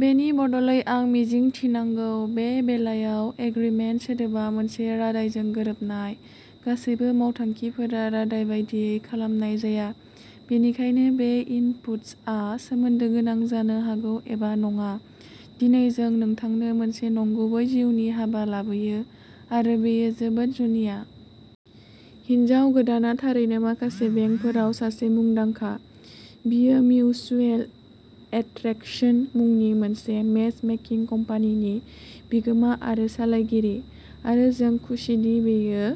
बेनि बदलै आं मिजिंथिनांगौ। बे बेलायाव, एग्रिमेन्ट सोदोबा मोनसे रादायजों गोरोबनाय। गासैबो मावथांखिफोरा रादाय बायदियै खालामनाय जाया, बेनिखायनो बे इनपुट्सआ सोमोन्दो गोनां जानो हागौ एबा नङा। दिनै जों नोंथांनो मोनसे नंगुबै जिउनि हाबा लाबोयो आरो बेयो जोबोद जुनिया। हिन्जाव गोदानआ थारैनो माखासे बेंखनफोराव सासे मुंदांखा। बियो मिउचुएल एट्रेक्शन मुंनि मोनसे मेच मेकिंग कम्पानिनि बिगोमा आरो सालायगिरि आरो जों खुसिदि बियो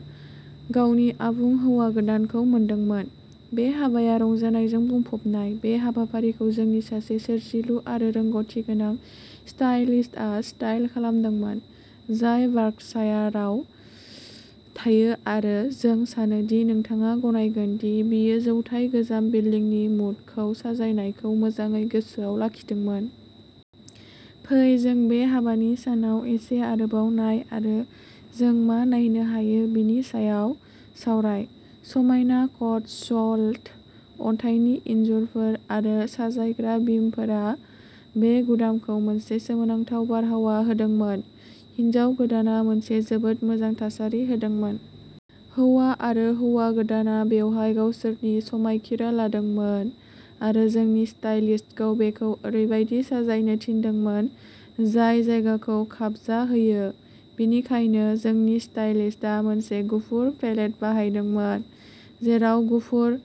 गावनि आबुं हौवा गोदानखौ मोनदोंमोन। बे हाबाया रंजानायजों बुंफबनाय। बे हाबाफारिखौ जोंनि सासे सोरजिलु आरो रोंग'थिगोनां स्टाइलिस्टआ स्टाइल खालामदोंमोन, जाय बार्कशायाराव थायो आरो जों सानो दि नोंथाङा गनायगोन दि बियो जौथाय गोजाम बिल्दिंनि मुडखौ साजायनायखौ मोजाङै गोसोआव लाखिदोंमोन। फै जों बे हाबानि सानाव एसे आरोबाव नाय आरो जों मा नायनो हायो बेनि सायाव सावराय। समायना कटस्वल्ड अन्थाइनि इनजुरफोर आरो साजायग्रा बिमफोरा बे गुदामखौ मोनसे सोमोनांथाव बारहावा होदोंमोन। हिन्जाव गोदानआ मोनसे जोबोद मोजां थासारि होदोंमोन। हौवा आरो हौवा गोदानआ बेवहाय गावसोरनि समायखिरा लादोंमोन आरो जोंनि स्टाइलिस्टखौ बेखौ ओरैबायदि साजायनो थिनदोंमोन जाय जायगाखौ खाबजाहोयो। बेनिखायनो जोंनि स्टाइलिस्टआ मोनसे गुफुर पेलेट बाहायदोंमोन, जेराव गुफुर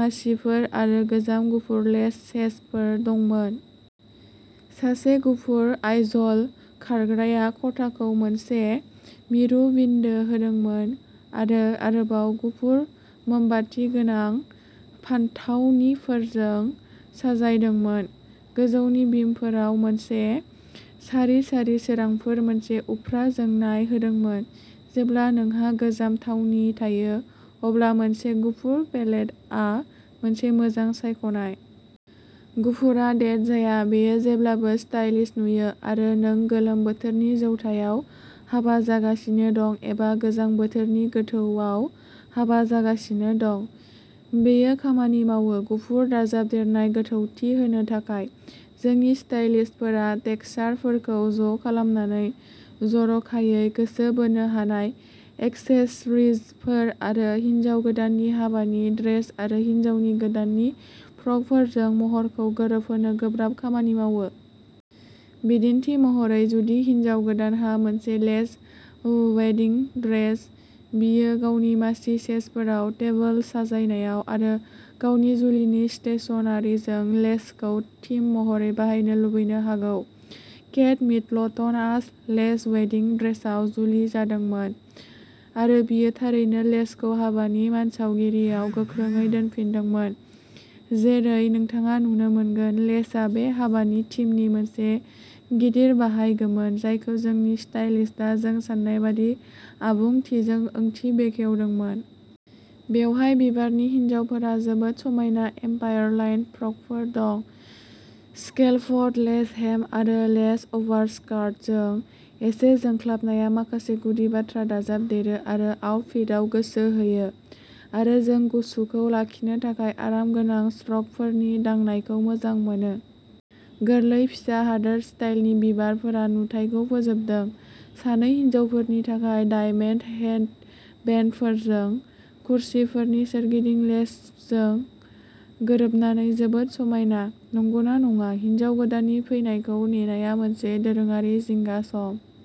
मासिफोर आरो गोजाम गुफुर लेस सेशफोर दंमोन। सासे गुफुर आइजल खारग्राया खथाखौ मोनसे मिरु बिन्दो होदोंमोन आरो आरोबाव गुफुर मोमबाति गोनां फानथावनिफोरजों साजायजादोंमोन। गोजौनि बिमफोराव मोनसे सारि सारि सोरांफोरा मोनसे उफ्रा जोंनाय होदोंमोन। जेब्ला नोंहा गोजाम थावनि थायो अब्ला मोनसे गुफुर पेलेटआ मोनसे मोजां सायख'नाय। गुफुरआ डेट जाया, बेयो जेब्लाबो स्टाइलिश नुयो आरो नों गोलोम बोथोरनि जौथायाव हाबा जागासिनो दं एबा गोजां बोथोरनि गोथौआव हाबा जागासिनो दं, बेयो खामानि मावो। गुफुर दाजाबदेरनाय गोथौथि होनो थाखाय, जोंनि स्टाइलिस्टफोरा टेक्सचारफोरखौ ज'खालामनानै, जर'खायै गोसो बोनो हानाय एक्सेसरिजफोर आरो हिनजाव गोदाननि हाबानि ड्रेस आरो हिन्जाव गोदाननि फ्रकफोरजों महरखौ गोरोबहोनो गोब्राब खामानि मावो। बिदिन्थि महरै, जुदि हिनजाव गोदानहा मोनसे लेस वेडिंग ड्रेस, बियो गावनि मासि सेशफोराव, टेबोल साजायनायाव आरो गावनि जुलिनि स्टेशनारिजों लेसखौ थीम महरै बाहायनो लुबैनो हागौ। केट मिडलटनआ लेस वेडिंग ड्रेसाव जुलि जादोंमोन आरो बियो थारैनो लेसखौ हाबानि मानसावगारियाव गोख्रोंयै दोनफिनदोंमोन जेरै नोंथाङा नुनो मोनगोन, लेसआ बे हाबानि थिमनि मोनसे गिदिर बाहागोमोन जायखौ जोंनि स्टाइलिस्टआ जों सान्नायबादि आबुंथिजों ओंथि बेखेवदोंमोन। बेवहाय बिबारनि हिनजावफोरहा जोबोद समायना एम्पायर लाइन फ्रकफोर दं, स्केलपड लेस हेम आरो लेस अभारस्कार्टजों। एसे जोंख्लाबनाया माखासे गुदि बाथ्रा दाजाबदेरो आरो आउटफिटआव गोसो होयो आरो जों गुसुखौ लाखिनो थाखाय आरामगोनां श्रगफोरनि दांनायखौ मोजां मोनो। गोरलै फिसा हादोर स्टाइलनि बिबारफोरा नुथायखौ फोजोबदों, सानै हिनजावफोरनि थाखाय डायमेनट हेडबेन्डफोरजों। कुर्सिफोरनि सोरगिदिं लेसजों गोरोबनानै जोबोद समायना, नंगौना नङा? हिन्जाव गोदाननि फैनायखौ नेनाया मोनसे दोरोङारि जिंगा सम।